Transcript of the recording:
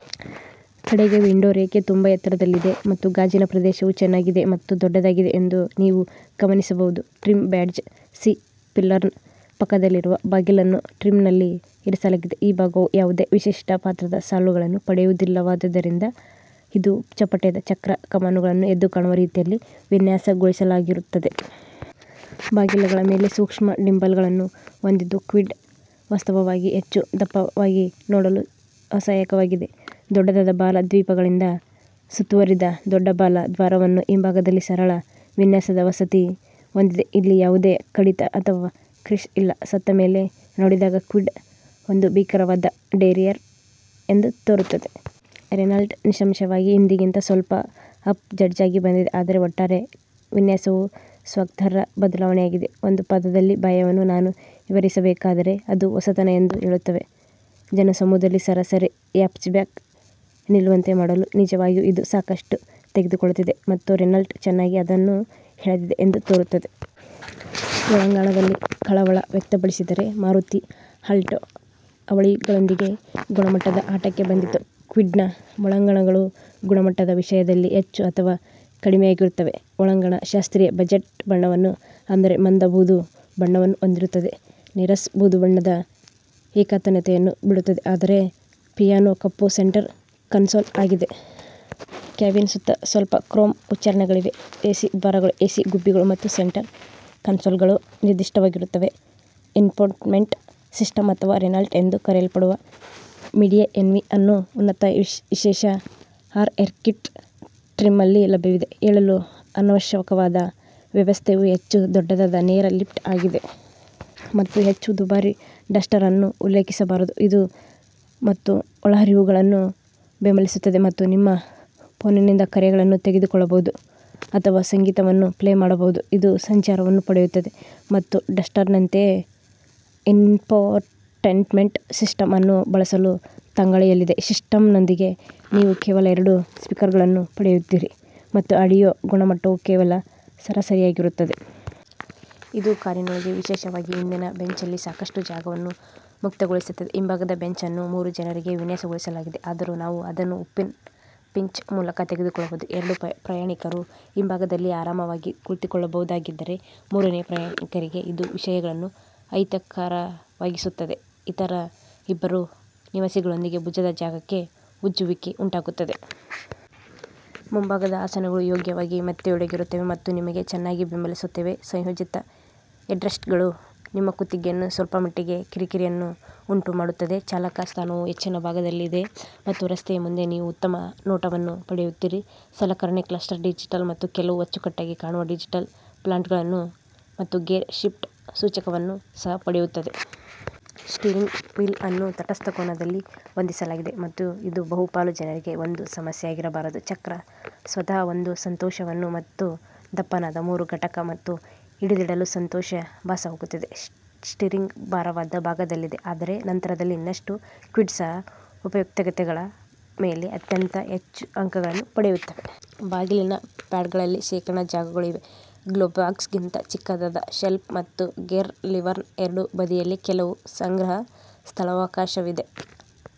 ಕಡೆಗೆ, ವಿಂಡೋ ರೇಖೆ ತುಂಬಾ ಎತ್ತರದಲ್ಲಿದೆ ಮತ್ತು ಗಾಜಿನ ಪ್ರದೇಶವು ಚೆನ್ನಾಗಿದೆ ಮತ್ತು ದೊಡ್ಡದಾಗಿದೆ ಎಂದು ನೀವು ಗಮನಿಸಬಹುದು. ಟ್ರಿಮ್ ಬ್ಯಾಡ್ಜ್ ಸಿ-ಪಿಲ್ಲರ್ನ ಪಕ್ಕದಲ್ಲಿರುವ ಬಾಗಿಲನ್ನು ಟ್ರಿಮ್ನಲ್ಲಿ ಇರಿಸಲಾಗಿದೆ. ಈ ಭಾಗವು ಯಾವುದೇ ವಿಶಿಷ್ಟ ಪಾತ್ರದ ಸಾಲುಗಳನ್ನು ಪಡೆಯುವುದಿಲ್ಲವಾದ್ದರಿಂದ, ಇದು ಚಪ್ಪಟೆಯಾದ ಚಕ್ರ ಕಮಾನುಗಳನ್ನು ಎದ್ದುಕಾಣುವ ರೀತಿಯಲ್ಲಿ ವಿನ್ಯಾಸಗೊಳಿಸಲಾಗಿರುತ್ತದೆ. ಬಾಗಿಲಗಳ ಮೇಲೆ ಸೂಕ್ಷ್ಮ ಡಿಂಪಲ್ಗಳನ್ನು ಹೊಂದಿದ್ದು ಕ್ವಿಡ್ ವಾಸ್ತವವಾಗಿ ಹೆಚ್ಚು ದಪ್ಪವಾಗಿ ನೋಡಲು ಸಹಾಯಕವಾಗಿದೆ. ದೊಡ್ಡದಾದ ಬಾಲ-ದೀಪಗಳಿಂದ ಸುತ್ತುವರಿದ ದೊಡ್ಡ ಬಾಲ ದ್ವಾರವನ್ನು ಹಿಂಭಾಗದಲ್ಲಿ ಸರಳ ವಿನ್ಯಾಸದ ವಸತಿ ಹೊಂದಿದೆ. ಇಲ್ಲಿ ಯಾವುದೇ ಕಡಿತ ಅಥವಾ ಕ್ರೀಸ್ ಇಲ್ಲ. ಸತ್ತ ಮೇಲೆ ನೋಡಿದಾಗ, ಕ್ವಿಡ್ ಒಂದು ಭೀಕರವಾದ ಡೆರಿಯರ್ ಎಂದು ತೋರುತ್ತದೆ. ರೆನಾಲ್ಟ್ ನಿಸ್ಸಂಶಯವಾಗಿ ಹಿಂದಿಗಿಂತ ಸ್ವಲ್ಪ ಅಪ್ ಝಾಜ್ಡ್ಆಗಿ ಬಂದಿದೆ ಆದರೆ, ಒಟ್ಟಾರೆ ವಿನ್ಯಾಸವು ಸ್ವಾಗತಾರ್ಹ ಬದಲಾವಣೆಯಾಗಿದೆ. ಒಂದು ಪದದಲ್ಲಿ ಬಾಹ್ಯವನ್ನು ನಾನು ವಿವರಿಸಬೇಕಾದರೆ, ಅದು 'ಹೊಸತನ' ಎಂದು ಹೇಳುತ್ತೇವೆ. ಜನಸಮೂಹದಲ್ಲಿ ಸರಾಸರಿ ಹ್ಯಾಚ್ಬ್ಯಾಕ್ ನಿಲ್ಲುವಂತೆ ಮಾಡಲು ನಿಜವಾಗಿಯೂ ಇದು ಸಾಕಷ್ಟು ತೆಗೆದುಕೊಳ್ಳುತ್ತದೆ ಮತ್ತು ರೆನಾಲ್ಟ್ ಚೆನ್ನಾಗಿ ಅದನ್ನು ಎಳೆದಿದೆ ಎಂದು ತೋರುತ್ತದೆ. ಒಳಾಂಗಣದಲ್ಲಿ ಕಳವಳ ವ್ಯಕ್ತಪಡಿಸಿದರೆ, ಮಾರುತಿ ಆಲ್ಟೊ ಅವಳಿಗಳೊಂದಿಗೆ ಗುಣಮಟ್ಟದ ಆಟಕ್ಕೆ ಬಂದಿತು. ಕ್ವಿಡ್ನ ಒಳಾಂಗಣಗಳು ಗುಣಮಟ್ಟದ ವಿಷಯದಲ್ಲಿ ಹೆಚ್ಚು ಅಥವಾ ಕಡಿಮೆಯಾಗಿರುತ್ತವೆ. ಒಳಾಂಗಣ ಶಾಸ್ತ್ರೀಯ ಬಜೆಟ್ ಬಣ್ಣವನ್ನು ಅಂದರೆ ಮಂದ ಬೂದು ಬಣ್ಣವನ್ನು ಹೊಂದಿರುತ್ತದೆ. ನೀರಸ ಬೂದುಬಣ್ಣದ ಏಕತಾನತೆಯನ್ನು ಬಿಡುತ್ತದೆ ಆದರೆ ಪಿಯಾನೋ ಕಪ್ಪು ಸೆಂಟರ್ ಕನ್ಸೋಲ್ ಆಗಿದೆ. ಕ್ಯಾಬಿನ್ ಸುತ್ತ ಸ್ವಲ್ಪ ಕ್ರೋಮ್ ಉಚ್ಚಾರಣೆಗಳಿವೆ ಎಸಿ ದ್ವಾರಗಳು, ಎಸಿ ಗುಬ್ಬಿಗಳು ಮತ್ತು ಸೆಂಟರ್ ಕನ್ಸೋಲ್ಗಳು ನಿರ್ದಿಷ್ಟವಾಗಿರುತ್ತವೆ. ಇನ್ಫೋಟೈನ್ಮೆಂಟ್ ಸಿಸ್ಟಮ್ ಅಥವಾ ರೆನಾಲ್ಟ್ ಎಂದು ಕರೆಯಲ್ಪಡುವ 'ಮೀಡಿಯಾಎನ್ವಿ' ಅನ್ನು ಉನ್ನತ ವಿಶೇಷ ಆರ್ಎಕ್ಸ್ಟಿ ಟ್ರಿಮ್ನಲ್ಲಿ ಲಭ್ಯವಿದೆ. ಹೇಳಲು ಅನಾವಶ್ಯಕವಾದ, ವ್ಯವಸ್ಥೆಯು ಹೆಚ್ಚು ದೊಡ್ಡದಾದ ನೇರ ಲಿಫ್ಟ್ ಆಗಿದೆ. ಮತ್ತು ಹೆಚ್ಚು ದುಬಾರಿ, ಡಸ್ಟರ್ ಅನ್ನು ಉಲ್ಲೇಖಿಸಬಾರದು. ಇದು ಮತ್ತು ಒಳಹರಿವುಗಳನ್ನು ಬೆಂಬಲಿಸುತ್ತದೆ ಮತ್ತು ನಿಮ್ಮ ಫೋನ್ನಿಂದ ಕರೆಗಳನ್ನು ತೆಗೆದುಕೊಳ್ಳಬಹುದು ಅಥವಾ ಸಂಗೀತವನ್ನು ಪ್ಲೇ ಮಾಡಬಹುದು. ಇದು ಸಂಚಾರವನ್ನು ಪಡೆಯುತ್ತದೆ ಮತ್ತು ಡಸ್ಟರ್ನಂತೆಯೇ, ಇನ್ಫೋಟೈನ್ಮೆಂಟ್ ಸಿಸ್ಟಮ್ ಅನ್ನು ಬಳಸಲು ತಂಗಾಳಿಯಲ್ಲಿದೆ. ಸಿಸ್ಟಂನೊಂದಿಗೆ ನೀವು ಕೇವಲ ಎರಡು ಸ್ಪೀಕರ್ಗಳನ್ನು ಪಡೆಯುತ್ತೀರಿ ಮತ್ತು ಆಡಿಯೋ ಗುಣಮಟ್ಟವು ಕೇವಲ ಸರಾಸರಿಯಾಗಿರುತ್ತದೆ. ಇದು ಕಾರಿನೊಳಗೆ, ವಿಶೇಷವಾಗಿ ಹಿಂದಿನ ಬೆಂಚ್ನಲ್ಲಿ ಸಾಕಷ್ಟು ಜಾಗವನ್ನು ಮುಕ್ತಗೊಳಿಸುತ್ತದೆ. ಹಿಂಭಾಗದ ಬೆಂಚ್ ಅನ್ನು ಮೂರು ಜನರಿಗೆ ವಿನ್ಯಾಸಗೊಳಿಸಲಾಗಿದೆ, ಆದರೂ ನಾವು ಅದನ್ನು ಉಪ್ಪಿನ ಪಿಂಚ್ ಮೂಲಕ ತೆಗೆದುಕೊಳ್ಳಬಹುದು. ಎರಡು ಪ್ರಯಾಣಿಕರು ಹಿಂಭಾಗದಲ್ಲಿ ಆರಾಮವಾಗಿ ಕುಳಿತುಕೊಳ್ಳಬಹುದಾಗಿದ್ದರೆ, ಮೂರನೆಯ ಪ್ರಯಾಣಿಕರಿಗೆ ಇದು ವಿಷಯಗಳನ್ನು ಅಹಿತಕರವಾಗಿಸುತ್ತದೆ ಇತರ ಇಬ್ಬರು ನಿವಾಸಿಗಳೊಂದಿಗೆ ಭುಜದ ಜಾಗಕ್ಕೆ ಉಜ್ಜುವಿಕೆ ಉಂಟಾಗುತ್ತದೆ. ಮುಂಭಾಗದ ಆಸನಗಳು ಯೋಗ್ಯವಾಗಿ ಮೆತ್ತೆಯೊಡಗಿರುತ್ತವೆ ಮತ್ತು ನಿಮಗೆ ಚೆನ್ನಾಗಿ ಬೆಂಬಲಿಸುತ್ತವೆ. ಸಂಯೋಜಿತ ಹೆಡ್ರೆಸ್ಟ್ಗಳು ನಿಮ್ಮ ಕುತ್ತಿಗೆಯನ್ನು ಸ್ವಲ್ಪಮಟ್ಟಿಗೆ ಕಿರಿಕಿರಿಯನ್ನು ಉಂಟು ಮಾಡುತ್ತದೆ. ಚಾಲಕ ಸ್ಥಾನವು ಹೆಚ್ಚಿನ ಭಾಗದಲ್ಲಿದೆ ಮತ್ತು ರಸ್ತೆಯ ಮುಂದೆ ನೀವು ಉತ್ತಮ ನೋಟವನ್ನು ಪಡೆಯುತ್ತೀರಿ. ಸಲಕರಣೆ ಕ್ಲಸ್ಟರ್ ಡಿಜಿಟಲ್ ಮತ್ತು ಕೆಲವು ಅಚ್ಚುಕಟ್ಟಾಗಿ ಕಾಣುವ ಡಿಜಿಟಲ್ ಫಾಂಟ್ಗಳನ್ನು ಮತ್ತು ಗೇರ್ ಶಿಫ್ಟ್ ಸೂಚಕವನ್ನು ಸಹ ಪಡೆಯುತ್ತದೆ. ಸ್ಟೀರಿಂಗ್ ವೀಲ್ ಅನ್ನು ತಟಸ್ಥ ಕೋನದಲ್ಲಿ ಹೊಂದಿಸಲಾಗಿದೆ ಮತ್ತು ಇದು ಬಹುಪಾಲು ಜನರಿಗೆ ಒಂದು ಸಮಸ್ಯೆಯಾಗಿರಬಾರದು. ಚಕ್ರ ಸ್ವತಃ ಒಂದು ಸಂತೋಷವನ್ನು ಮತ್ತು ದಪ್ಪನಾದ ಮೂರು ಘಟಕ ಮತ್ತು ಹಿಡಿದಿಡಲು ಸಂತೋಷ ಭಾಸವಾಗುತ್ತದೆ. ಸ್ಟೀರಿಂಗ್ ಭಾರವಾದ ಭಾಗದಲ್ಲಿದೆ, ಆದರೆ ನಂತರದಲ್ಲಿ ಇನ್ನಷ್ಟು. ಕ್ವಿಡ್ ಸಹ ಉಪಯುಕ್ತತೆಗಳ ಮೇಲೆ ಅತ್ಯಂತ ಹೆಚ್ಚು ಅಂಕಗಳನ್ನು ಪಡೆಯುತ್ತವೆ. ಬಾಗಿಲಿನ ಪ್ಯಾಡ್ಗಳಲ್ಲಿ ಶೇಖರಣಾ ಜಾಗಗಳು ಇವೆ, ಗ್ಲೋವ್ಬಾಕ್ಸ್ಗಿಂತ ಚಿಕ್ಕದಾದ ಶೆಲ್ಫ್ ಮತ್ತು ಗೇರ್ ಲಿವರ್ನ ಎರಡೂ ಬದಿಯಲ್ಲಿ ಕೆಲವು ಸಂಗ್ರಹ ಸ್ಥಳಾವಕಾಶವಿದೆ.